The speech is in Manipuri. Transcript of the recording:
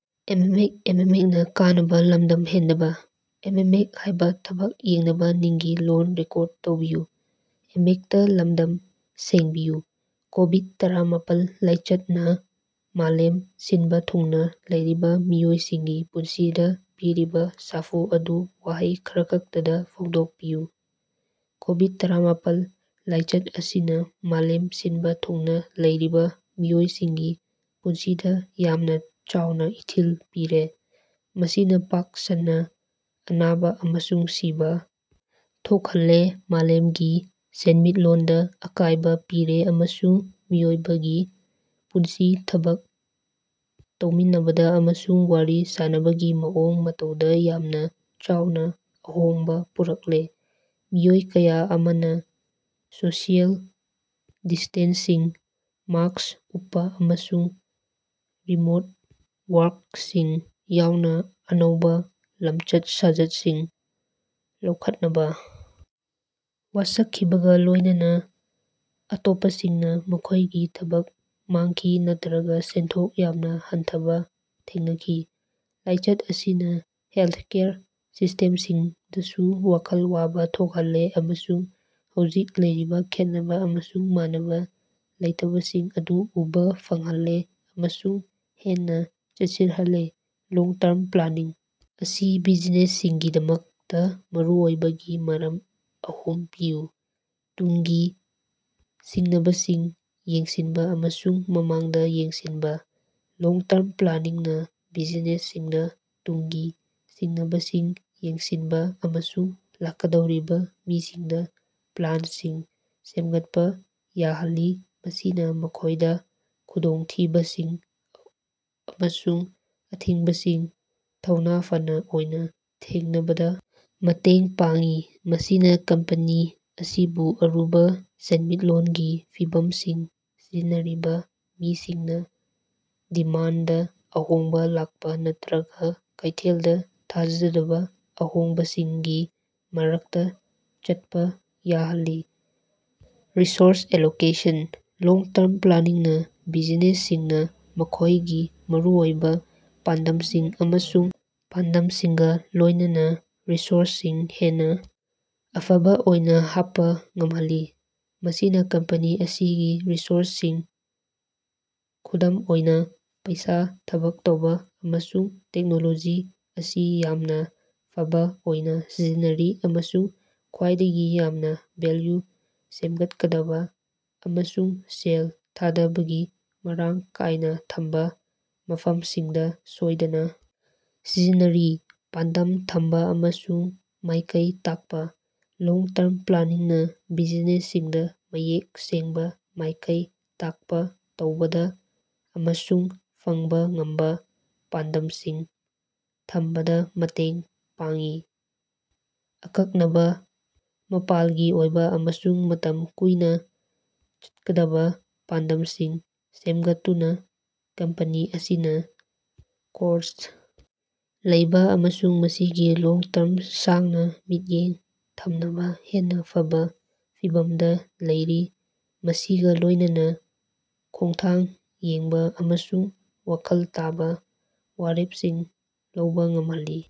ꯀꯣꯕꯤꯗ-ꯇꯔꯥꯃꯥꯄꯜ ꯂꯥꯏꯆꯠꯅ ꯃꯥꯂꯦꯝ ꯁꯤꯟꯕ ꯊꯨꯡꯅ ꯂꯩꯔꯤꯕ ꯃꯤꯑꯣꯏꯁꯤꯡꯒꯤ ꯄꯨꯟꯁꯤꯗ ꯄꯤꯔꯤꯕ ꯁꯥꯐꯨ ꯑꯗꯨ ꯋꯥꯍꯩ ꯈꯔꯈꯛꯇꯗ ꯐꯣꯡꯗꯣꯛꯄꯤꯌꯨ꯫ ꯀꯣꯕꯤꯗ-ꯇꯔꯥꯃꯥꯄꯜ ꯂꯥꯏꯆꯠ ꯑꯁꯤꯅꯥ ꯃꯥꯂꯦꯝ ꯁꯤꯟꯕ ꯊꯨꯡꯅ ꯂꯩꯔꯤꯕ ꯃꯤꯑꯣꯏꯁꯤꯡꯒꯤ ꯄꯨꯟꯁꯤꯗ ꯌꯥꯝꯅ ꯆꯥꯎꯅ ꯏꯊꯤꯜ ꯄꯤꯔꯦ꯫ ꯃꯁꯤꯅꯥ ꯄꯥꯛ ꯁꯟꯅ ꯑꯅꯥꯕ ꯑꯃꯁꯨꯡ ꯁꯤꯕꯥ ꯊꯣꯛꯍꯜꯂꯦ ꯃꯥꯂꯦꯝꯒꯤ ꯁꯦꯟꯃꯤꯠꯂꯣꯟꯗ ꯑꯀꯥꯢꯕ ꯄꯤꯔꯦ ꯑꯃꯁꯨꯡ ꯃꯤꯑꯣꯏꯕꯒꯤ ꯄꯨꯟꯁꯤ ꯊꯕꯛ ꯇꯧꯃꯤꯟꯅꯕꯗ ꯑꯃꯁꯨꯡ ꯋꯥꯔꯤ ꯁꯥꯅꯕꯒꯤ ꯃꯑꯣꯡ ꯃꯇꯧꯗꯥ ꯌꯥꯝꯅꯥ ꯆꯥꯎꯅꯥ ꯑꯍꯣꯡꯕꯥ ꯄꯨꯔꯛꯂꯦ꯫ ꯃꯤꯑꯣꯏ ꯀꯌꯥ ꯑꯃꯅ ꯁꯣꯁꯤꯑꯦꯜ ꯗꯤꯁꯇꯦꯟꯁꯤꯡ, ꯃꯥꯛꯁ ꯎꯞꯄꯥ ꯑꯃꯁꯨꯡ ꯔꯤꯃꯣꯠ ꯋꯥꯔ꯭ꯛꯁꯤꯡ ꯌꯥꯎꯅ ꯑꯅꯧꯕ ꯂꯝꯆꯠ-ꯁꯥꯖꯠꯁꯤꯡ ꯂꯧꯈꯠꯅꯕ ꯋꯥꯁꯛꯈꯤꯕꯒ ꯂꯣꯢꯅꯅ ꯑꯇꯣꯞꯄꯁꯤꯡꯅ ꯃꯈꯣꯢꯒꯤ ꯊꯕꯛ ꯃꯥꯡꯈꯤ ꯅꯠꯇ꯭ꯔꯒ ꯁꯦꯟꯊꯣꯛ ꯌꯥꯝꯅ ꯍꯟꯊꯕ ꯊꯦꯡꯅꯈꯤ꯫ ꯂꯥꯏꯆꯠ ꯑꯁꯤꯅ ꯍꯦꯜꯊꯀꯦꯌꯔ ꯁꯤꯁꯇꯦꯝꯁꯤꯡꯗꯁꯨ ꯋꯥꯈꯜ ꯋꯥꯕ ꯊꯣꯛꯍꯜꯂꯦ ꯑꯃꯁꯨꯡ ꯍꯧꯖꯤꯛ ꯂꯩꯔꯤꯕꯥ ꯈꯦꯟꯅꯕ ꯑꯃꯁꯨꯡ ꯃꯥꯟꯅꯕ ꯂꯩꯇꯕꯁꯤꯡ ꯑꯗꯨ ꯎꯕ ꯐꯪꯍꯜꯂꯦ ꯑꯃꯁꯨꯡ ꯍꯦꯟꯅ ꯆꯦꯠꯁꯤꯜꯍꯜꯂꯦ꯫ ꯂꯣꯡ-ꯇꯔꯝ ꯄ꯭ꯂꯥꯅꯤꯡ ꯑꯁꯤ ꯕꯤꯖꯤꯅꯦꯁꯁꯤꯡꯒꯤꯗꯃꯛꯇ ꯃꯔꯨꯑꯣꯏꯕꯒꯤ ꯃꯔꯝ ꯑꯍꯨꯝ ꯄꯤꯌꯨ꯫ ꯇꯨꯡꯒꯤ ꯁꯤꯡꯅꯕꯁꯤꯡ ꯌꯦꯡꯁꯤꯟꯕ ꯑꯃꯁꯨꯡ ꯃꯃꯥꯡꯗ ꯌꯦꯡꯁꯤꯟꯕꯥ: ꯂꯣꯡ-ꯇꯔꯝ ꯄ꯭ꯂꯥꯅꯤꯡꯅ ꯕꯤꯖꯤꯅꯦꯁꯁꯤꯡꯗ ꯇꯨꯡꯒꯤ ꯁꯤꯡꯅꯕꯁꯤꯡ ꯌꯦꯡꯁꯤꯟꯕ ꯑꯃꯁꯨꯡ ꯂꯥꯛꯀꯗꯧꯔꯤꯕ ꯃꯤꯁꯤꯡꯗ ꯄ꯭ꯂꯥꯟꯁꯤꯡ ꯁꯦꯝꯒꯠꯄ ꯌꯥꯍꯜꯂꯤ ꯃꯁꯤꯅ ꯃꯈꯣꯢꯗ ꯈꯨꯗꯣꯡꯊꯤꯕꯁꯤꯡ ꯑꯃꯁꯨꯡ ꯑꯊꯤꯡꯕꯁꯤꯡ ꯊꯧꯅ ꯐꯥꯕ ꯑꯣꯏꯅ ꯊꯦꯡꯅꯕꯗ ꯃꯇꯦꯡ ꯄꯥꯡꯏ꯫ ꯃꯁꯤꯅꯥ ꯀꯝꯄꯦꯅꯤ ꯑꯁꯤꯕꯨ ꯑꯔꯨꯕ ꯁꯦꯟꯃꯤꯠꯂꯣꯟꯒꯤ ꯐꯤꯚꯝꯁꯤꯡ ꯁꯤꯖꯤꯟꯅꯔꯤꯕ ꯃꯤꯁꯤꯡꯅ ꯗꯤꯃꯥꯟꯗꯗꯥ ꯑꯍꯣꯡꯕ ꯂꯥꯛꯄ ꯅꯠꯇ꯭ꯔꯒ ꯀꯩꯊꯦꯜꯗ ꯊꯥꯖꯗꯕ ꯑꯍꯣꯡꯕꯁꯤꯡꯒꯤ ꯃꯔꯛꯇ ꯆꯠꯄ ꯌꯥꯍꯜꯂꯤ꯫ ꯔꯤꯁꯣꯔꯁ ꯑꯦꯂꯣꯀꯦꯁꯟ: ꯂꯣꯡ-ꯇꯔꯝ ꯄ꯭ꯂꯥꯅꯤꯡꯅ ꯕꯤꯖꯤꯅꯦꯁꯁꯤꯡꯅ ꯃꯈꯣꯢꯒꯤ ꯃꯔꯨꯑꯣꯏꯕ ꯄꯥꯟꯗꯝꯁꯤꯡ ꯑꯃꯁꯨꯡ ꯄꯥꯟꯗꯝꯁꯤꯡꯒ ꯂꯣꯢꯅꯅꯥ ꯔꯤꯁꯣꯔꯁꯁꯤꯡ ꯍꯦꯟꯅ ꯑꯐꯕ ꯑꯣꯏꯅ ꯍꯥꯞꯄ ꯉꯝꯍꯜꯂꯤ꯫ ꯃꯁꯤꯅ ꯀꯝꯄꯦꯅꯤ ꯑꯁꯤꯒꯤ ꯔꯤꯁꯣꯔꯁꯁꯤꯡ ꯈꯨꯗꯝ ꯑꯣꯏꯅ ꯄꯩꯁꯥ, ꯊꯕꯛ ꯇꯧꯕ ꯑꯃꯁꯨꯡ ꯇꯦꯛꯅꯣꯂꯣꯖꯤ ꯑꯁꯤ ꯌꯥꯝꯅ ꯐꯥꯕ ꯑꯣꯏꯅꯥ ꯁꯤꯖꯤꯟꯅꯔꯤ ꯑꯃꯁꯨꯡ ꯈ꯭ꯋꯥꯏꯗꯒꯤ ꯌꯥꯝꯅ ꯚꯦꯜꯌꯨ ꯁꯦꯝꯒꯠꯀꯗꯕ ꯑꯃꯁꯨꯡ ꯁꯦꯜ ꯊꯥꯗꯕꯒꯤ ꯃꯔꯥꯡ ꯀꯥꯏꯅ ꯊꯝꯕ ꯃꯐꯝꯁꯤꯡꯗ ꯁꯣꯏꯗꯅ ꯁꯤꯖꯤꯟꯅꯔꯤ꯫ ꯄꯥꯟꯗꯝ ꯊꯝꯕ ꯑꯃꯁꯨꯡ ꯃꯥꯏꯀꯩ ꯇꯥꯛꯄ: ꯂꯣꯡ-ꯇꯔꯝ ꯄ꯭ꯂꯥꯅꯤꯡꯅ ꯕꯤꯖꯤꯅꯦꯁꯁꯤꯡꯗ ꯃꯌꯦꯛ ꯁꯦꯡꯕ ꯃꯥꯏꯀꯩ ꯇꯥꯛꯄ ꯇꯧꯕꯗ ꯑꯃꯁꯨꯡ ꯐꯪꯕꯥ ꯉꯝꯕ ꯄꯥꯟꯗꯝꯁꯤꯡ ꯊꯝꯕꯗ ꯃꯇꯦꯡ ꯄꯥꯡꯏ꯫ ꯑꯀꯛꯅꯕ ꯃꯥꯄꯥꯜꯒꯤ ꯑꯣꯏꯕ ꯑꯃꯁꯨꯡ ꯃꯇꯝ ꯀꯨꯏꯅ ꯆꯠꯀꯗꯕ ꯄꯥꯟꯗꯝꯁꯤꯡ ꯁꯦꯝꯒꯠꯇꯨꯅ ꯀꯝꯄꯦꯅꯤ ꯑꯁꯤꯅ ꯀꯣꯔꯁꯇ ꯂꯩꯕꯥ ꯑꯃꯁꯨꯡ ꯃꯁꯤꯒꯤ ꯂꯣꯡ-ꯇꯔꯝ ꯁꯥꯡꯅ ꯃꯤꯠꯌꯦꯡ ꯊꯝꯅꯕ ꯍꯦꯟꯅ ꯐꯕ ꯐꯤꯚꯝꯗ ꯂꯩꯔꯤ ꯃꯁꯤꯒꯥ ꯂꯣꯢꯅꯅꯥ ꯈꯣꯡꯊꯥꯡ ꯌꯦꯡꯕ ꯑꯃꯁꯨꯡ ꯋꯥꯈꯜ ꯇꯥꯕꯥ ꯋꯥꯔꯦꯞꯁꯤꯡ ꯂꯧꯕꯥ ꯉꯝꯍꯜꯂꯤ꯫